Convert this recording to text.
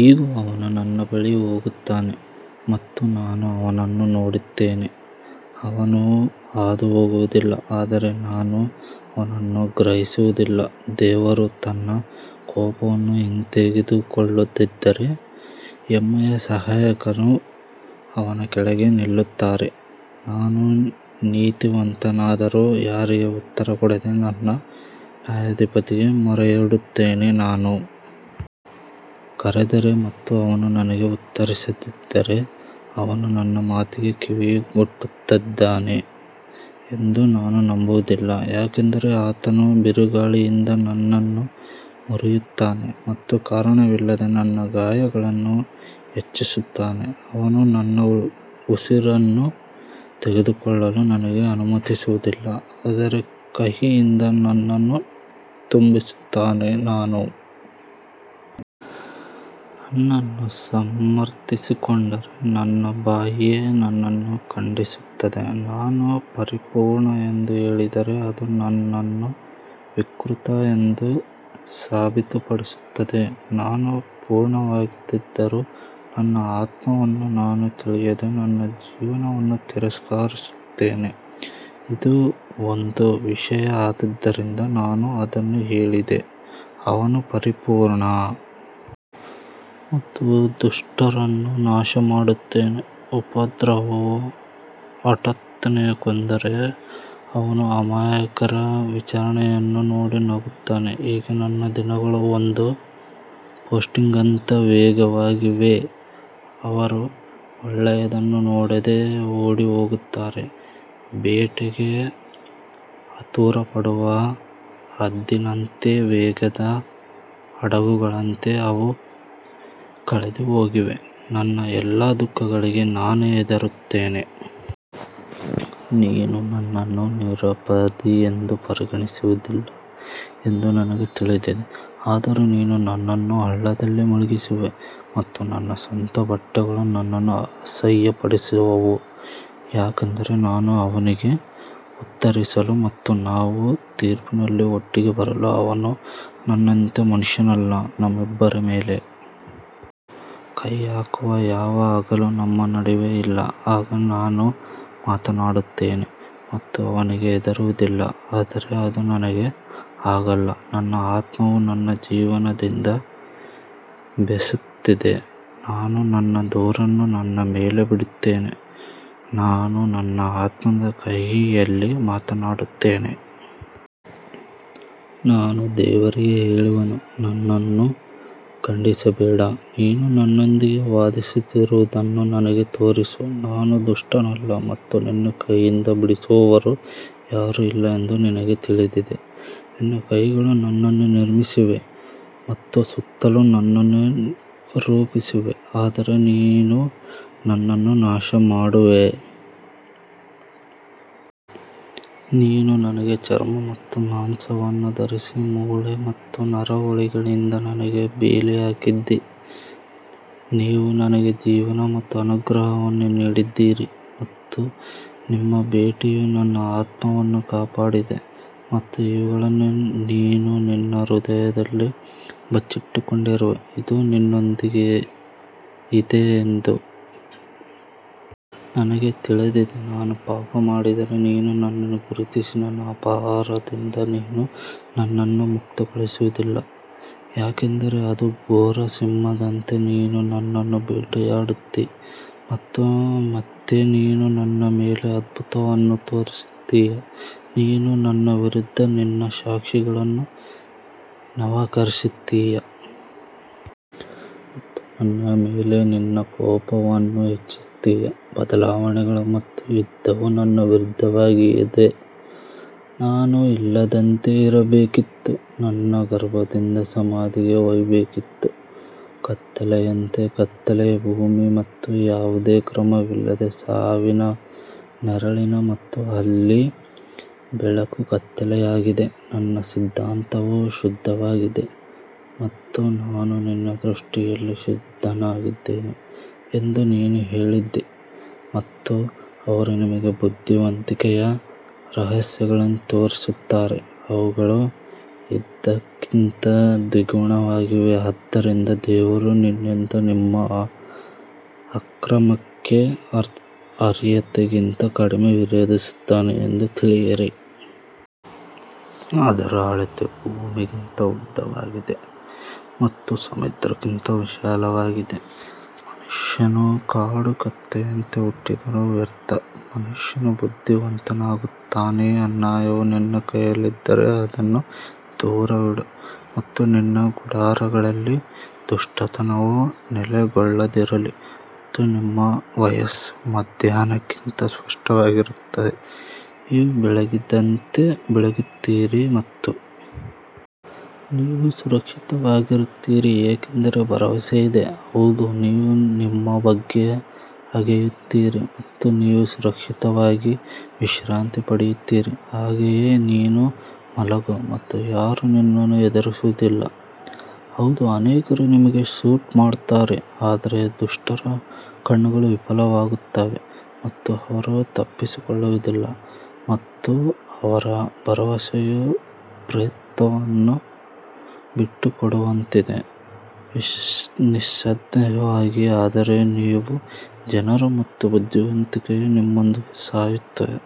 ಇಗೋ ಅವನು ನನ್ನ ಬಳಿ ಹೋಗುತ್ತಾನೆ ಮತ್ತು ನಾನು ಅವನನ್ನು ನೋಡುತ್ತೇನೆ ಅವನು ಹಾದುಹೋಗುವುದಿಲ್ಲ ಆದರೆ ನಾನು ಅವನನ್ನು ಗ್ರಹಿಸುವುದಿಲ್ಲ ದೇವರು ತನ್ನ ಕೋಪವನ್ನು ಹಿಂತೆಗೆದುಕೊಳ್ಳದಿದ್ದರೆ, ಹೆಮ್ಮೆಯ ಸಹಾಯಕರು ಅವನ ಕೆಳಗೆ ನಿಲ್ಲುತ್ತಾರೆ ನಾನು ನೀತಿವಂತನಾದರೂ ಯಾರಿಗೆ ಉತ್ತರ ಕೊಡದೆ ನನ್ನ ನ್ಯಾಯಾಧಿಪತಿಗೆ ಮೊರೆಯಿಡುತ್ತೇನೆ ನಾನು ಕರೆದರೆ ಮತ್ತು ಅವನು ನನಗೆ ಉತ್ತರಿಸಿದ್ದರೆ ಅವನು ನನ್ನ ಮಾತಿಗೆ ಕಿವಿಗೊಟ್ಟಿದ್ದಾನೆ ಎಂದು ನಾನು ನಂಬುವುದಿಲ್ಲ ಯಾಕಂದರೆ ಆತನು ಬಿರುಗಾಳಿಯಿಂದ ನನ್ನನ್ನು ಮುರಿಯುತ್ತಾನೆ ಮತ್ತು ಕಾರಣವಿಲ್ಲದೆ ನನ್ನ ಗಾಯಗಳನ್ನು ಹೆಚ್ಚಿಸುತ್ತಾನೆ ಅವನು ನನ್ನ ಉಸಿರನ್ನು ತೆಗೆದುಕೊಳ್ಳಲು ನನಗೆ ಅನುಮತಿಸುವುದಿಲ್ಲ ಆದರೆ ಕಹಿಯಿಂದ ನನ್ನನ್ನು ತುಂಬಿಸುತ್ತಾನೆ ನಾನು ನನ್ನನ್ನು ಸಮರ್ಥಿಸಿಕೊಂಡರೆ ನನ್ನ ಬಾಯಿಯೇ ನನ್ನನ್ನು ಖಂಡಿಸುತ್ತದೆ, ನಾನು ಪರಿಪೂರ್ಣ ಎಂದು ಹೇಳಿದರೆ ಅದು ನನ್ನನ್ನು ವಿಕೃತ ಎಂದು ಸಾಬೀತುಪಡಿಸುತ್ತದೆ ನಾನು ಪರಿಪೂರ್ಣವಾಗಿದ್ದರೂ ನನ್ನ ಆತ್ಮವನ್ನು ನಾನು ತಿಳಿಯದೆ ನನ್ನ ಜೀವನವನ್ನು ತಿರಸ್ಕರಿಸುತ್ತೇನೆ ಇದು ಒಂದು ವಿಷಯ ಆದ್ದರಿಂದ ನಾನು ಅದನ್ನು ಹೇಳಿದೆ ಅವನು ಪರಿಪೂರ್ಣ ಮತ್ತು ದುಷ್ಟರನ್ನು ನಾಶಮಾಡುತ್ತಾನೆ ಉಪದ್ರವವು ಹಠಾತ್ತನೆ ಕೊಂದರೆ ಅವನು ಅಮಾಯಕರ ವಿಚಾರಣೆಯನ್ನು ನೋಡಿ ನಗುತ್ತಾನೆ ಈಗ ನನ್ನ ದಿನಗಳು ಒಂದು ಪೋಸ್ಟ್ಗಿಂತ ವೇಗವಾಗಿವೆ, ಅವರು ಒಳ್ಳೆಯದನ್ನು ನೋಡದೆ ಓಡಿಹೋಗುತ್ತಾರೆ ಬೇಟೆಗೆ ಆತುರಪಡುವ ಹದ್ದಿನಂತೆ ವೇಗದ ಹಡಗುಗಳಂತೆ ಅವು ಕಳೆದುಹೋಗಿವೆ ನನ್ನ ಎಲ್ಲಾ ದುಃಖಗಳಿಗೆ ನಾನು ಹೆದರುತ್ತೇನೆ, ನೀನು ನನ್ನನ್ನು ನಿರಪರಾಧಿ ಎಂದು ಪರಿಗಣಿಸುವುದಿಲ್ಲ ಎಂದು ನನಗೆ ತಿಳಿದಿದೆ ಆದರೂ ನೀನು ನನ್ನನ್ನು ಹಳ್ಳದಲ್ಲಿ ಮುಳುಗಿಸುವೆ ಮತ್ತು ನನ್ನ ಸ್ವಂತ ಬಟ್ಟೆಗಳು ನನ್ನನ್ನು ಅಸಹ್ಯಪಡುವವು ಯಾಕಂದರೆ ನಾನು ಅವನಿಗೆ ಉತ್ತರಿಸಲು ಮತ್ತು ನಾವು ತೀರ್ಪಿನಲ್ಲಿ ಒಟ್ಟಿಗೆ ಬರಲು ಅವನು ನನ್ನಂತೆ ಮನುಷ್ಯನಲ್ಲ ನಮ್ಮಿಬ್ಬರ ಮೇಲೆ ಕೈ ಹಾಕುವ ಯಾವ ಹಗಲೂ ನಮ್ಮ ನಡುವೆ ಇಲ್ಲ ಆಗ ನಾನು ಮಾತನಾಡುತ್ತೇನೆ ಮತ್ತು ಅವನಿಗೆ ಹೆದರುವುದಿಲ್ಲ ಆದರೆ ಅದು ನನಗೆ ಹಾಗಲ್ಲ ನನ್ನ ಆತ್ಮವು ನನ್ನ ಜೀವನದಿಂದ ಬೇಸತ್ತಿದೆ ನಾನು ನನ್ನ ದೂರನ್ನು ನನ್ನ ಮೇಲೆ ಬಿಡುತ್ತೇನೆ ನಾನು ನನ್ನ ಆತ್ಮದ ಕಹಿಯಲ್ಲಿ ಮಾತನಾಡುತ್ತೇನೆ ನಾನು ದೇವರಿಗೆ ಹೇಳುವೆನು ನನ್ನನ್ನು ಖಂಡಿಸಬೇಡ, ನೀನು ನನ್ನೊಂದಿಗೆ ವಾದಿಸುತ್ತಿರುವುದನ್ನು ನನಗೆ ತೋರಿಸು ನಾನು ದುಷ್ಟನಲ್ಲ ಮತ್ತು ನಿನ್ನ ಕೈಯಿಂದ ಬಿಡಿಸುವವರು ಯಾರೂ ಇಲ್ಲ ಎಂದು ನಿನಗೆ ತಿಳಿದಿದೆ ನಿನ್ನ ಕೈಗಳು ನನ್ನನ್ನು ನಿರ್ಮಿಸಿವೆ ಮತ್ತು ಸುತ್ತಲೂ ನನ್ನನ್ನು ರೂಪಿಸಿವೆ ಆದರೆ ನೀನು ನನ್ನನ್ನು ನಾಶಮಾಡುವೆ ನೀನು ನನಗೆ ಚರ್ಮ ಮತ್ತು ಮಾಂಸವನ್ನು ಧರಿಸಿ ಮೂಳೆ ಮತ್ತು ನರಹುಲಿಗಳಿಂದ ನನಗೆ ಬೇಲಿ ಹಾಕಿದ್ದೀ ನೀವು ನನಗೆ ಜೀವನ ಮತ್ತು ಅನುಗ್ರಹವನ್ನು ನೀಡಿದ್ದೀರಿ ಮತ್ತು ನಿಮ್ಮ ಭೇಟಿಯು ನನ್ನ ಆತ್ಮವನ್ನು ಕಾಪಾಡಿದೆ ಮತ್ತು ಇವುಗಳನ್ನು ನೀನು ನಿನ್ನ ಹೃದಯದಲ್ಲಿ ಬಚ್ಚಿಟ್ಟುಕೊಂಡಿರುವೆ, ಇದು ನಿನ್ನೊಂದಿಗಿದೆ ಎಂದು ನನಗೆ ತಿಳಿದಿದೆ ನಾನು ಪಾಪ ಮಾಡಿದರೆ ನೀನು ನನ್ನನ್ನು ಗುರುತಿಸಿ ನನ್ನ ಅಪರಾಧದಿಂದ ನೀನು ನನ್ನನ್ನು ಮುಕ್ತಗೊಳಿಸುವುದಿಲ್ಲ ಯಾಕಂದರೆ ಅದು ಘೋರ ಸಿಂಹದಂತೆ ನೀನು ನನ್ನನ್ನು ಬೇಟೆಯಾಡುತ್ತೀ ಮತ್ತು ಮತ್ತೆ ನೀನು ನನ್ನ ಮೇಲೆ ಅದ್ಭುತವನ್ನು ತೋರಿಸುತ್ತೀಯಾ ನೀನು ನನ್ನ ವಿರುದ್ಧ ನಿನ್ನ ಸಾಕ್ಷಿಗಳನ್ನು ನವೀಕರಿಸುತ್ತೀಯ ಮತ್ತು ನನ್ನ ಮೇಲೆ ನಿನ್ನ ಕೋಪವನ್ನು ಹೆಚ್ಚಿಸುತ್ತೀಯ ಬದಲಾವಣೆಗಳು ಮತ್ತು ಯುದ್ಧವು ನನ್ನ ವಿರುದ್ಧವಾಗಿದೆ ನಾನು ಇಲ್ಲದಂತೆ ಇರಬೇಕಿತ್ತು ನನ್ನನ್ನು ಗರ್ಭದಿಂದ ಸಮಾಧಿಗೆ ಒಯ್ಯಬೇಕಿತ್ತು ಕತ್ತಲೆಯಂತೆ ಕತ್ತಲೆಯ ಭೂಮಿ ಮತ್ತು ಯಾವುದೇ ಕ್ರಮವಿಲ್ಲದೆ ಸಾವಿನ ನೆರಳಿನ ಮತ್ತು ಅಲ್ಲಿ ಬೆಳಕು ಕತ್ತಲೆಯಾಗಿದೆ ನನ್ನ ಸಿದ್ಧಾಂತವು ಶುದ್ಧವಾಗಿದೆ ಮತ್ತು ನಾನು ನಿನ್ನ ದೃಷ್ಟಿಯಲ್ಲಿ ಶುದ್ಧನಾಗಿದ್ದೇನೆ ಎಂದು ನೀನು ಹೇಳಿದ್ದೀ ಮತ್ತು ಅವರು ನಿಮಗೆ ಬುದ್ಧಿವಂತಿಕೆಯ ರಹಸ್ಯಗಳನ್ನು ತೋರಿಸುತ್ತಾರೆ, ಅವುಗಳು ಅದಕ್ಕಿಂತ ದ್ವಿಗುಣವಾಗಿವೆ, ಆದ್ದರಿಂದ ದೇವರು ನಿನ್ನಿಂದ ನಿಮ್ಮ ಅಕ್ರಮಕ್ಕೆ ಅರ್ಹತೆಗಿಂತ ಕಡಿಮೆ ವಿಧಿಸುತ್ತಾನೆ ಎಂದು ತಿಳಿಯಿರಿ. ಅದರ ಅಳತೆ ಭೂಮಿಗಿಂತ ಉದ್ದವಾಗಿದೆ ಮತ್ತು ಸಮುದ್ರಕ್ಕಿಂತ ವಿಶಾಲವಾಗಿದೆ ಮನುಷ್ಯನು ಕಾಡು ಕತ್ತೆಯಂತೆ ಹುಟ್ಟಿದರೂ ವ್ಯರ್ಥ ಮನುಷ್ಯನು ಬುದ್ಧಿವಂತನಾಗುತ್ತಾನೆ ಅನ್ಯಾಯವು ನಿನ್ನ ಕೈಯಲ್ಲಿದ್ದರೆ ಅದನ್ನು ದೂರವಿಡು ಮತ್ತು ನಿನ್ನ ಗುಡಾರಗಳಲ್ಲಿ ದುಷ್ಟತನವು ನೆಲೆಗೊಳ್ಳದಿರಲಿ ಮತ್ತು ನಿಮ್ಮ ವಯಸ್ಸು ಮಧ್ಯಾಹ್ನಕ್ಕಿಂತ ಸ್ಪಷ್ಟವಾಗಿರುತ್ತದೆ, ನೀವು ಬೆಳಗಿದಂತೆ ಬೆಳಗುತ್ತೀರಿ ಮತ್ತು ನೀವು ಸುರಕ್ಷಿತವಾಗಿರುತ್ತೀರಿ ಏಕೆಂದರೆ ಭರವಸೆ ಇದೆ, ಹೌದು ನೀವು ನಿಮ್ಮ ಬಗ್ಗೆ ಅಗೆಯುತ್ತೀರಿ ಮತ್ತು ನೀವು ಸುರಕ್ಷಿತವಾಗಿ ವಿಶ್ರಾಂತಿ ಪಡೆಯುತ್ತೀರಿ ಹಾಗೆಯೇ ನೀನು ಮಲಗು ಮತ್ತು ಯಾರೂ ನಿನ್ನನ್ನು ಹೆದರಿಸುವುದಿಲ್ಲ, ಹೌದು ಅನೇಕರು ನಿನಗೆ ಸೂಟ್ ಮಾಡುತ್ತಾರೆ ಆದರೆ ದುಷ್ಟರ ಕಣ್ಣುಗಳು ವಿಫಲವಾಗುತ್ತವೆ ಮತ್ತು ಅವರು ತಪ್ಪಿಸಿಕೊಳ್ಳುವುದಿಲ್ಲ ಮತ್ತು ಅವರ ಭರವಸೆಯು ಪ್ರೇತವನ್ನು ಬಿಟ್ಟುಕೊಡುವಂತಿದೆ ನಿಸ್ಸಂದೇಹವಾಗಿ ಆದರೆ ನೀವು ಜನರು ಮತ್ತು ಬುದ್ಧಿವಂತಿಕೆಯು ನಿಮ್ಮೊಂದಿಗೆ ಸಾಯುತ್ತದೆ.